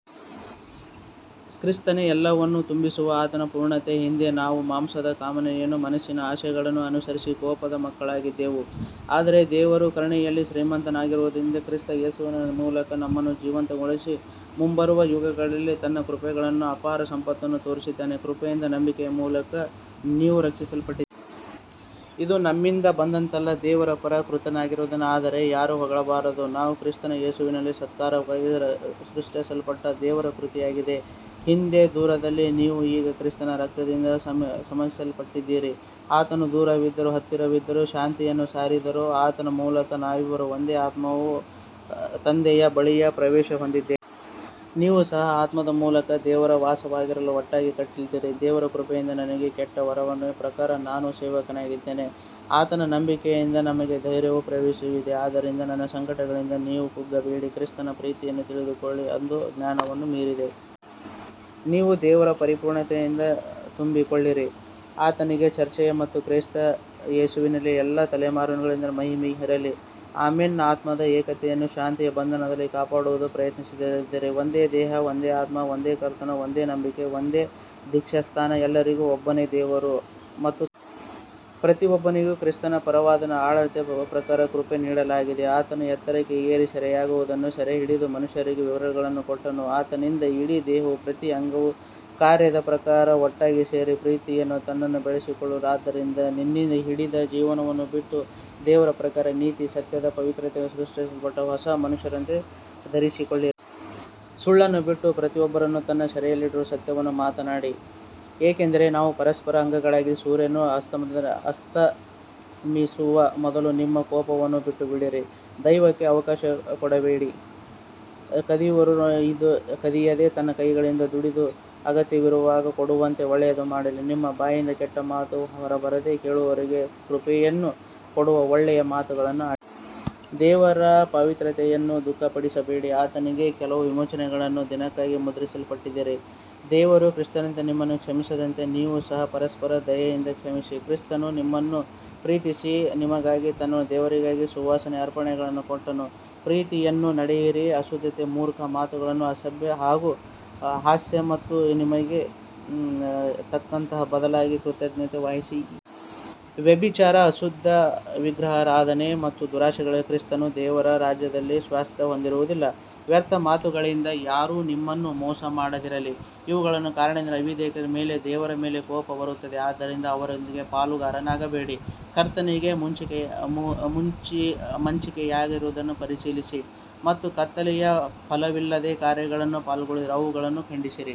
ಕ್ರಿಸ್ತನೇ ಎಲ್ಲವನ್ನೂ ತುಂಬಿಸುವ ಆತನ ಪೂರ್ಣತೆ. ಹಿಂದೆ ನಾವು ಮಾಂಸದ ಕಾಮನೆಗಳನ್ನು ಮತ್ತು ಮನಸ್ಸಿನ ಆಸೆಗಳನ್ನು ಅನುಸರಿಸಿ ಕೋಪದ ಮಕ್ಕಳಾಗಿದ್ದೆವು. ಆದರೆ ದೇವರು ಕರುಣೆಯಲ್ಲಿ ಶ್ರೀಮಂತನಾಗಿರುವುದರಿಂದ ಕ್ರಿಸ್ತ ಯೇಸುವಿನ ಮೂಲಕ ನಮ್ಮನ್ನು ಜೀವಂತಗೊಳಿಸಿ, ಮುಂಬರುವ ಯುಗಗಳಲ್ಲಿ ತನ್ನ ಕೃಪೆಯ ಅಪಾರ ಸಂಪತ್ತನ್ನು ತೋರಿಸಲಿದ್ದಾನೆ. ಕೃಪೆಯಿಂದ ನಂಬಿಕೆಯ ಮೂಲಕ ನೀವು ರಕ್ಷಿಸಲ್ಪಟ್ಟಿದ್ದೀರಿ. ಇದು ನಿಮ್ಮಿಂದ ಬಂದದ್ದಲ್ಲ, ದೇವರ ವರ. ಕೃತಿಗಳಿಂದಲ್ಲ, ಆದ್ದರಿಂದ ಯಾರೂ ಹೊಗಳಿಕೊಳ್ಳಬಾರದು. ನಾವು ಕ್ರಿಸ್ತ ಯೇಸುವಿನಲ್ಲಿ ಸತ್ಕಾರ್ಯಗಳಿಗಾಗಿ ಸೃಷ್ಟಿಸಲ್ಪಟ್ಟ ದೇವರ ಕೃತಿಯಾಗಿದ್ದೇವೆ. ಹಿಂದೆ ದೂರವಿದ್ದ ನೀವು ಈಗ ಕ್ರಿಸ್ತನ ರಕ್ತದಿಂದ ಸಮೀಪಿಸಲ್ಪಟ್ಟಿದ್ದೀರಿ. ಆತನು ದೂರವಿದ್ದವರಿಗೂ ಹತ್ತಿರವಿದ್ದವರಿಗೂ ಶಾಂತಿಯನ್ನು ಸಾರಿದನು. ಆತನ ಮೂಲಕ ನಾವಿಬ್ಬರೂ ಒಂದೇ ಆತ್ಮದಲ್ಲಿ ತಂದೆಯ ಬಳಿಗೆ ಪ್ರವೇಶ ಹೊಂದಿದ್ದೇವೆ. ನೀವು ಸಹ ಆತ್ಮದ ಮೂಲಕ ದೇವರ ವಾಸಸ್ಥಾನವಾಗಲು ಒಟ್ಟಾಗಿ ಕಟ್ಟಲ್ಪಟ್ಟಿದ್ದೀರಿ. ದೇವರ ಕೃಪೆಯಿಂದ ನನಗೆ ಕೊಟ್ಟ ವರದಾನದ ಪ್ರಕಾರ ನಾನು ಸೇವಕನಾಗಿದ್ದೇನೆ. ಆತನಲ್ಲಿ ನಂಬಿಕೆಯಿಂದ ನಮಗೆ ಧೈರ್ಯವೂ ಪ್ರವೇಶವೂ ಇದೆ. ಆದ್ದರಿಂದ ನನ್ನ ಸಂಕಟಗಳಿಂದ ನೀವು ಕುಗ್ಗಬೇಡಿ. ಕ್ರಿಸ್ತನ ಪ್ರೀತಿಯನ್ನು ತಿಳಿದುಕೊಳ್ಳಿರಿ, ಅದು ಜ್ಞಾನವನ್ನು ಮೀರಿದೆ. ನೀವು ದೇವರ ಪೂರ್ಣತೆಯಿಂದ ತುಂಬಿಕೊಳ್ಳಿರಿ. ಆತನಿಗೆ ಚರ್ಚೆಯಲ್ಲಿ ಮತ್ತು ಕ್ರಿಸ್ತ ಯೇಸುವಿನಲ್ಲಿ ಎಲ್ಲಾ ತಲೆಮಾರುಗಳಲ್ಲಿಯೂ ಮಹಿಮೆ ಇರಲಿ. ಆಮೆನ್. ಆತ್ಮದ ಏಕತೆಯನ್ನು ಶಾಂತಿಯ ಬಂಧದಲ್ಲಿ ಕಾಪಾಡಲು ಪ್ರಯತ್ನಿಸಿರಿ. ಒಂದೇ ದೇಹ, ಒಂದೇ ಆತ್ಮ, ಒಂದೇ ಕರ್ತನು, ಒಂದೇ ನಂಬಿಕೆ, ಒಂದೇ ದೀಕ್ಷಾಸ್ನಾನ, ಎಲ್ಲರಿಗೂ ಒಬ್ಬನೇ ದೇವರು ಮತ್ತು ತಂದೆ. ಪ್ರತಿಯೊಬ್ಬನಿಗೂ ಕ್ರಿಸ್ತನ ವರದಾನದ ಅಳತೆಯ ಪ್ರಕಾರ ಕೃಪೆ ನೀಡಲಾಗಿದೆ. ಆತನು ಎತ್ತರಕ್ಕೆ ಏರಿ ಸೆರೆಯಾಳುಗಳನ್ನು ಸೆರೆಹಿಡಿದು ಮನುಷ್ಯರಿಗೆ ವರಗಳನ್ನು ಕೊಟ್ಟನು. ಆತನಿಂದ ಇಡೀ ದೇಹವು ಪ್ರತಿ ಅಂಗದ ಕಾರ್ಯದ ಪ್ರಕಾರ ಒಟ್ಟಾಗಿ ಸೇರಿ ಪ್ರೀತಿಯಲ್ಲಿ ತನ್ನನ್ನು ಬೆಳೆಸಿಕೊಳ್ಳುತ್ತದೆ. ಆದ್ದರಿಂದ ಹಿಂದಿನ ಜೀವನವನ್ನು ಬಿಟ್ಟು, ದೇವರ ಪ್ರಕಾರ ನೀತಿ ಮತ್ತು ಸತ್ಯವಾದ ಪವಿತ್ರತೆಯಲ್ಲಿ ಸೃಷ್ಟಿಸಲ್ಪಟ್ಟ ಹೊಸ ಮನುಷ್ಯನನ್ನು ಧರಿಸಿಕೊಳ್ಳಿರಿ. ಸುಳ್ಳನ್ನು ಬಿಟ್ಟು ಪ್ರತಿಯೊಬ್ಬನು ತನ್ನ ನೆರೆಯವನೊಂದಿಗೆ ಸತ್ಯವನ್ನು ಮಾತಾಡಲಿ, ಏಕೆಂದರೆ ನಾವು ಪರಸ್ಪರ ಅಂಗಗಳಾಗಿದ್ದೇವೆ. ಸೂರ್ಯನು ಅಸ್ತಮಿಸುವ ಮೊದಲು ನಿಮ್ಮ ಕೋಪವನ್ನು ಬಿಟ್ಟುಬಿಡಿರಿ ಮತ್ತು ದೆವ್ವಕ್ಕೆ ಅವಕಾಶ ಕೊಡಬೇಡಿ. ಕದಿಯುವವನು ಇನ್ನು ಕದಿಯದೆ ತನ್ನ ಕೈಗಳಿಂದ ದುಡಿದು ಅಗತ್ಯವಿರುವವರಿಗೆ ಕೊಡುವಂತೆ ಒಳ್ಳೆಯದನ್ನು ಮಾಡಲಿ. ನಿಮ್ಮ ಬಾಯಿಂದ ಕೆಟ್ಟ ಮಾತು ಹೊರಡದಿರಲಿ, ಕೇಳುವವರಿಗೆ ಕೃಪೆಯನ್ನು ಕೊಡುವ ಒಳ್ಳೆಯ ಮಾತುಗಳನ್ನೇ ಆಡಿರಿ. ದೇವರ ಪವಿತ್ರಾತ್ಮನನ್ನು ದುಃಖಪಡಿಸಬೇಡಿ, ಆತನಿಂದಲೇ ನೀವು ವಿಮೋಚನೆಯ ದಿನಕ್ಕಾಗಿ ಮುದ್ರಿಸಲ್ಪಟ್ಟಿದ್ದೀರಿ. ದೇವರು ಕ್ರಿಸ್ತನಲ್ಲಿ ನಿಮ್ಮನ್ನು ಕ್ಷಮಿಸಿದಂತೆ, ನೀವು ಸಹ ಪರಸ್ಪರ ದಯೆಯಿಂದ ಕ್ಷಮಿಸಿರಿ. ಕ್ರಿಸ್ತನು ನಮ್ಮನ್ನು ಪ್ರೀತಿಸಿ ನಮಗಾಗಿ ತನ್ನನ್ನೇ ದೇವರಿಗೆ ಸುವಾಸನೆಯ ಅರ್ಪಣೆಯಾಗಿ ಕೊಟ್ಟಂತೆ, ಪ್ರೀತಿಯಲ್ಲಿ ನಡೆಯಿರಿ. ಅಶುದ್ಧತೆ, ಮೂರ್ಖ ಮಾತು, ಅಸಭ್ಯ ಹಾಸ್ಯ ಇವು ನಿಮಗೆ ತಕ್ಕದ್ದಲ್ಲ, ಬದಲಾಗಿ ಕೃತಜ್ಞತಾಸ್ತುತಿ ಇರಲಿ. ವ್ಯಭಿಚಾರಿ, ಅಶುದ್ಧನು, ವಿಗ್ರಹಾರಾಧಕನು, ದುರಾಶೆಯುಳ್ಳವನು ಕ್ರಿಸ್ತನ ಮತ್ತು ದೇವರ ರಾಜ್ಯದಲ್ಲಿ ಸ್ವಾಸ್ತ್ಯ ಹೊಂದುವುದಿಲ್ಲ. ವ್ಯರ್ಥ ಮಾತುಗಳಿಂದ ಯಾರೂ ನಿಮ್ಮನ್ನು ಮೋಸಗೊಳಿಸದಿರಲಿ, ಇವುಗಳ ಕಾರಣದಿಂದ ಅವಿಧೇಯರ ಮೇಲೆ ದೇವರ ಕೋಪ ಬರುತ್ತದೆ. ಆದ್ದರಿಂದ ಅವರೊಂದಿಗೆ ಪಾಲುಗಾರರಾಗಬೇಡಿ. ಕರ್ತನಿಗೆ ಮೆಚ್ಚಿಗೆಯಾಗಿರುವುದನ್ನು ಪರಿಶೀಲಿಸಿರಿ ಮತ್ತು ಕತ್ತಲೆಯ ಫಲವಿಲ್ಲದ ಕಾರ್ಯಗಳಲ್ಲಿ ಪಾಲ್ಗೊಳ್ಳದೆ ಅವುಗಳನ್ನು ಖಂಡಿಸಿರಿ.